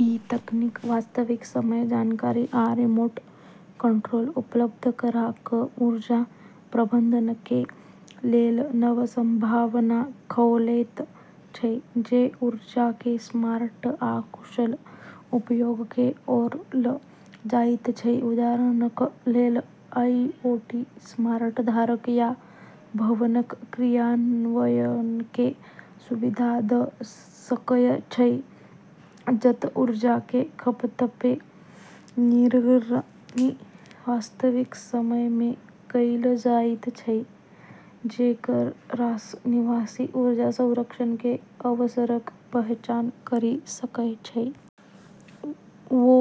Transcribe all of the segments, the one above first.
ई तकनीक वास्तविक समय जानकारी आ रिमोट कंट्रोल उपलब्ध करा क' ऊर्जा प्रबंधनके लेल नव संभावना खोलैत छै, जे ऊर्जाके स्मार्ट आ कुशल उपयोगके ओर ल' जाइत छै। उदाहरणक लेल, आईओटी "स्मार्ट" घरक या भवनक क्रियान्वयनके सुविधा द' सकय छै, जत' ऊर्जाके खपतके निगरानी वास्तविक समयमे कैल जाइत छै, जेकरासँ निवासी ऊर्जा संरक्षणके अवसरक पहचान करि सकय छै । ओ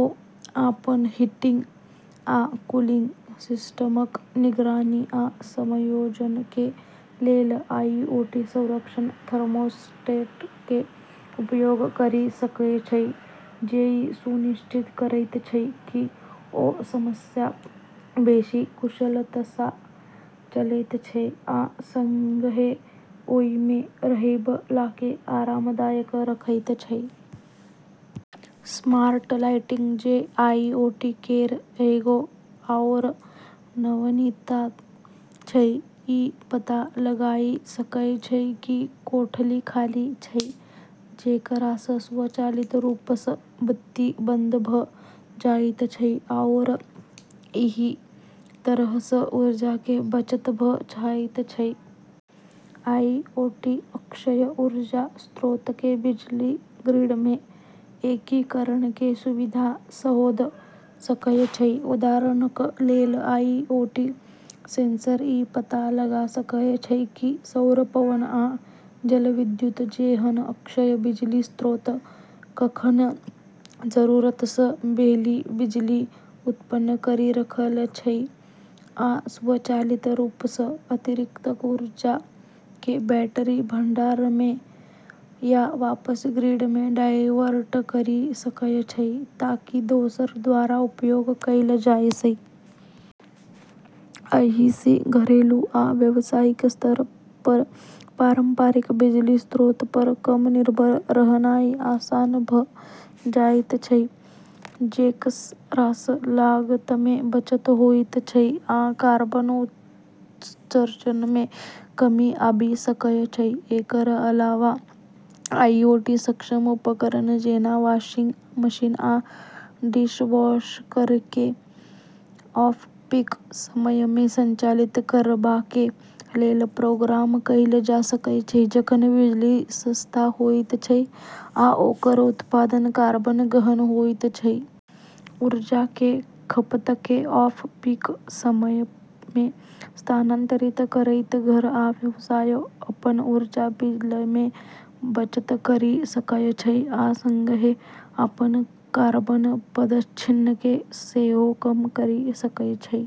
अपन हीटिंग आ कूलिंग सिस्टमक निगरानी आ समायोजनके लेल आईओटी-सक्षम थर्मोस्टेटके उपयोग करि सकय छै, जे ई सुनिश्चित करैत छै कि ओ सबसँ बेशी कुशलतासँ चलैत छै आ सङ्गहेँ ओइमे रहैबलाके आरामदायक रखैत छै । स्मार्ट लाइटिंग, जे आईओटी केर एगो आओर नवीनता छै, ई पता लगाइ सकै छै कि कोठली खाली छै, जेकरासँ स्वचालित रूपसँ बत्ती बंद भ' जाइत छै, आओर एहि तरहसँ ऊर्जाके बचत भ' जाइत छै। आईओटी अक्षय ऊर्जा स्रोतके बिजली ग्रिडमे एकीकरणके सुविधा सेहो द' सकय छै । उदाहरणक लेल, आईओटी सेंसर ई पता लगा सकय छै कि सौर, पवन, आ जलविद्युत जेहन अक्षय बिजली स्रोत कखन जरूरतसँ बेशी बिजली उत्पन्न करि रहल छै, आ स्वचालित रूपसँ अतिरिक्त ऊर्जाके बैटरी भंडारणमे या वापस ग्रिडमे डायवर्ट करि सकय छै ताकि दोसर द्वारा उपयोग कैल जा सकय । एहिसँ घरिलु आ व्यावसायिक स्तर पर पारंपरिक बिजली स्रोत पर कम निर्भर रहनाइ आसान भ' जाइत छै, जेकरासँ लागतमे बचत होइत छै आ कार्बन उत्सर्जनमे कमी आबि सकय छै। एकर अलावा, आईओटी-सक्षम उपकरण जेना वाशिंग मशीन आ डिशवॉशरके ऑफ-पीक समयमे संचालित करबाके लेल प्रोग्राम कैल जा सकय छै, जखन बिजली सस्ता होइत छै, आ ओकर उत्पादन कार्बन-गहन होइत छै। ऊर्जाके खपतके ऑफ-पीक समयमे स्थानांतरित करैत घर आ व्यवसाय अपन ऊर्जा बिलमे बचत करि सकय छै आ सङ्गहेँ अपन कार्बन पदचिह्नके सेहो कम करि सकय छै।